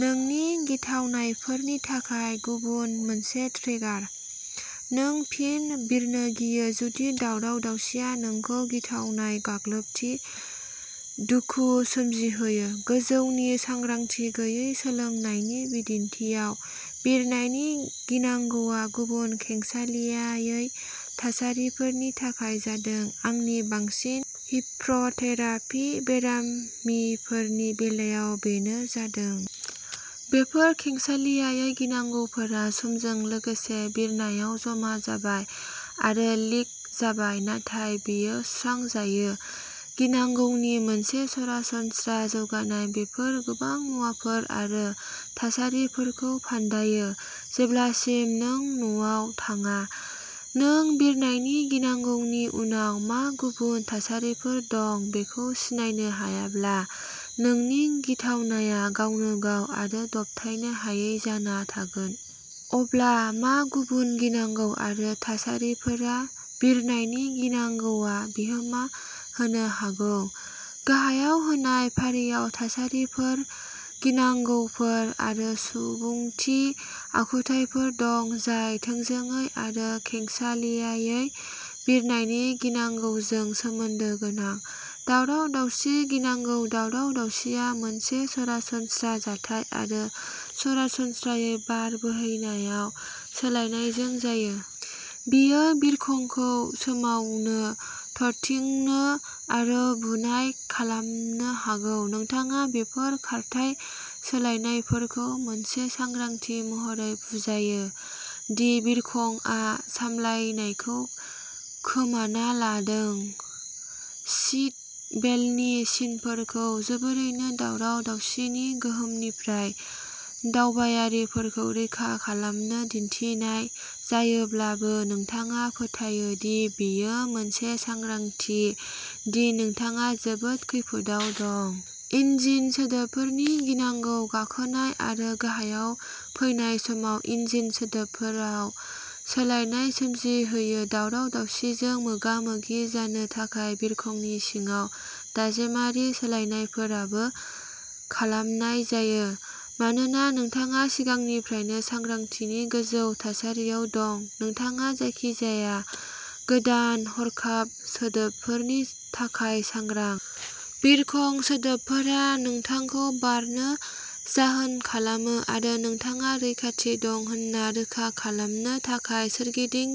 नोंनि गिथावनायफोरनि थाखाय गुबुन मोनसे ट्रिगार। नों फिन बिरनो गियो, जुदि दावराव-दावसिया नोंखौ गिथावनाय गाग्लोबथिनि दुखु सोमजिहोयो। गोजौनि सांग्रांथि गैयै सोलोंनायनि बिदिन्थिआव, बिरनायनि गिनांगौआ गुबुन खेंसालियायै थासारिफोरनि थाखाय जादों। आंनि बांसिन हिप्नथेरापि बेरामिफोरनि बेलायाव बेनो जादों। बेफोर खेंसालियायै गिनांगौफोरा समजों लोगोसे बिरनायाव जमा जाबाय आरो लिक जाबाय। नाथाय बेयो सुस्रांजायै गिनांगौनि मोनसे सरासनस्रा जौगानाय बेफोर गोबां मुवाफोर आरो थासारिफोरखौ फान्दायो जेब्लासिम नों न'आव थाङा। नों बिरनायनि गिनांगौनि उनाव मा गुबुन थासारिफोर दं बेखौ सिनायनो हायाब्ला, नोंनि गिथावनाया गावनो गाव आरो दबथायनो हायै जाना थागोन। अब्ला मा गुबुन गिनांगौ आरो थासारिफोरा बिरनायनि गिनांगौआव बिहोमा होनो हागौ? गाहायाव होनाय फारियाव थासारिफोर, गिनांगौफोर आरो सुबुंथि आखुथायफोर दं जाय थोंजोङै आरो खेंसालियायै बिरनायनि गिनांगौजों सोमोन्दो गोनां। दावराव-दावसिनि गिनांगौ दावराव-दावसिआ मोनसे सरासनस्रा जाथाय आरो सरासनस्रायै बार बोहैनायाव सोलायनायजों जायो। बेयो बिरखंखौ सोमावनो, थरथिंनो आरो बुनाय खालामनो हागौ। नोंथाङा बेफोर खारथाइ सोलायनायफोरखौ मोनसे सांग्रांथि महरै बुजायो दि बिरखंआ सामलायनायखौ खोमाना लादों। सीट बेल्टनि सिनफोरखौ जोबोरैनो दावराव-दावसिनि गोहोमनिफ्राय दावबायारिफोरखौ रैखा खालामनो दिन्थिनाय जायोब्लाबो, नोंथाङा फोथायो दि बेयो मोनसे सांग्रांथि दि नोंथाङा जोबोद खैफोदाव दं। इन्जिन सोदोबफोरनि गिनांगौ गाखोनाय आरो गाहायाव फैनाय समाव इन्जिन सोदोबफोराव सोलायनाय सोमजिहोयो। दावराव-दावसिजों मोगा-मोगि जानो थाखाय बिरखंनि सिङाव दाजेमारि सोलायनायफोरबो खालामनाय जायो। मानोना नोंथाङा सिगांनिफ्रायनो सांग्रांथिनि गोजौ थासारियाव दं, नोंथाङा जायखिजाया गोदान हरखाब सोदोबफोरनि थाखाय सांग्रां। बिरखं सोदोबफोरा नोंथांखौ बारनो जाहोन खालामो आरो नोंथाङा रैखाथि दं होन्ना रोखा खालामनो थाखाय सोरगिदिं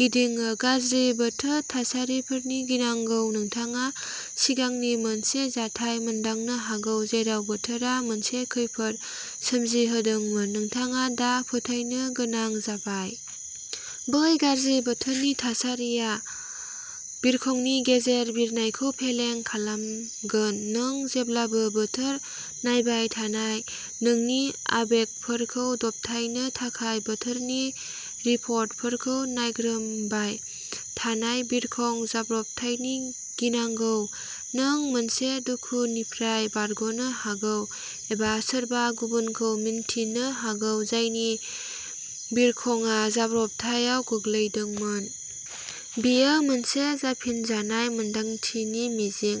गिदिङो। गाज्रि बोथोर थासारिफोरनि गिनांगौ नोंथाङा सिगांनि मोनसे जाथाय मोनदांनो हागौ जेराव बोथोरा मोनसे खैफोद सोमजिहोदोंमोन। नोंथाङा दा फोथायनो गोनां जाबाय। बै गाज्रि बोथोरनि थासारिया बिरखंनि गेजेर बिरनायखौ फेलें खालामगोन। नों जेब्लाबो बोथोर नायबाय थानाय नोंनि आबेगफोरखौ दबथायनो थाखाय बोथोरनि रिपर्टफोरखौ नायग्रोमबाय थानाय। बिरखं जाब्रबथायनि गिनांगौ नों मोनसे दुखुनिफ्राय बारग'नो हागौ एबा सोरबा गुबुनखौ मिन्थिनो हागौ जायनि बिरखंआ जाब्रबथायाव गोग्लैदोंमोन। बेयो मोनसे जाफिनजानाय मोन्दांथिनि मिजिं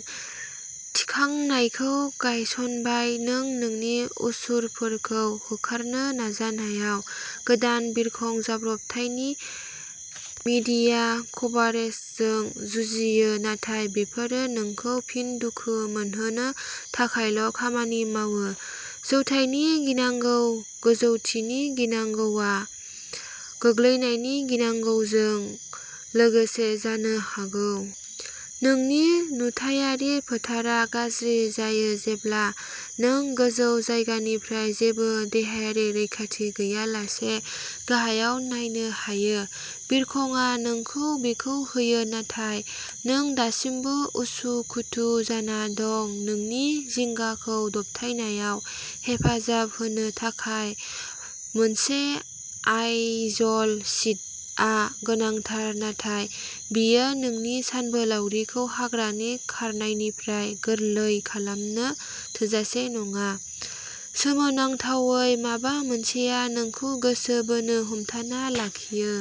थिखांनायखौ गायसनबाय। नों नोंनि असुरफोरखौ होखारनो नाजानायाव गोदान बिरखं जाब्रबथायनि मीडिया कभारेजजों जुजियो, नाथाय बेफोरो नोंखौ फिन दुखु मोनहोनो थाखायल' खामानि मावो। जौथायनि गिनांगौ गोजौथिनि गिनांगौआ गोग्लैनायनि गिनांगौजों लोगोसे जानो हागौ। नोंनि नुथायारि फोथारआ गाज्रि जायो जेब्ला नों गोजौ जायगानिफ्राय जेबो देहायारि रैखाथि गैयालासे गाहायाव नायनो हायो। बिरखंआ नोंखौ बेखौ होयो, नाथाय नों दासिमबो उसुखुथु जाना दं। नोंनि जिंगाखौ दबथायनायाव हेफाजाब होनो थाखाय मोनसे आइजल सिटआ गोनांथार, नाथाय बेयो नोंनि सानबोलावरिखौ हाग्रानि खारनायनिफ्राय गोरलै खालामनो थोजासे नङा। सोमोनांथावै, माबा मोनसेया नोंखौ गोसो बोनो हमथाना लाखियो।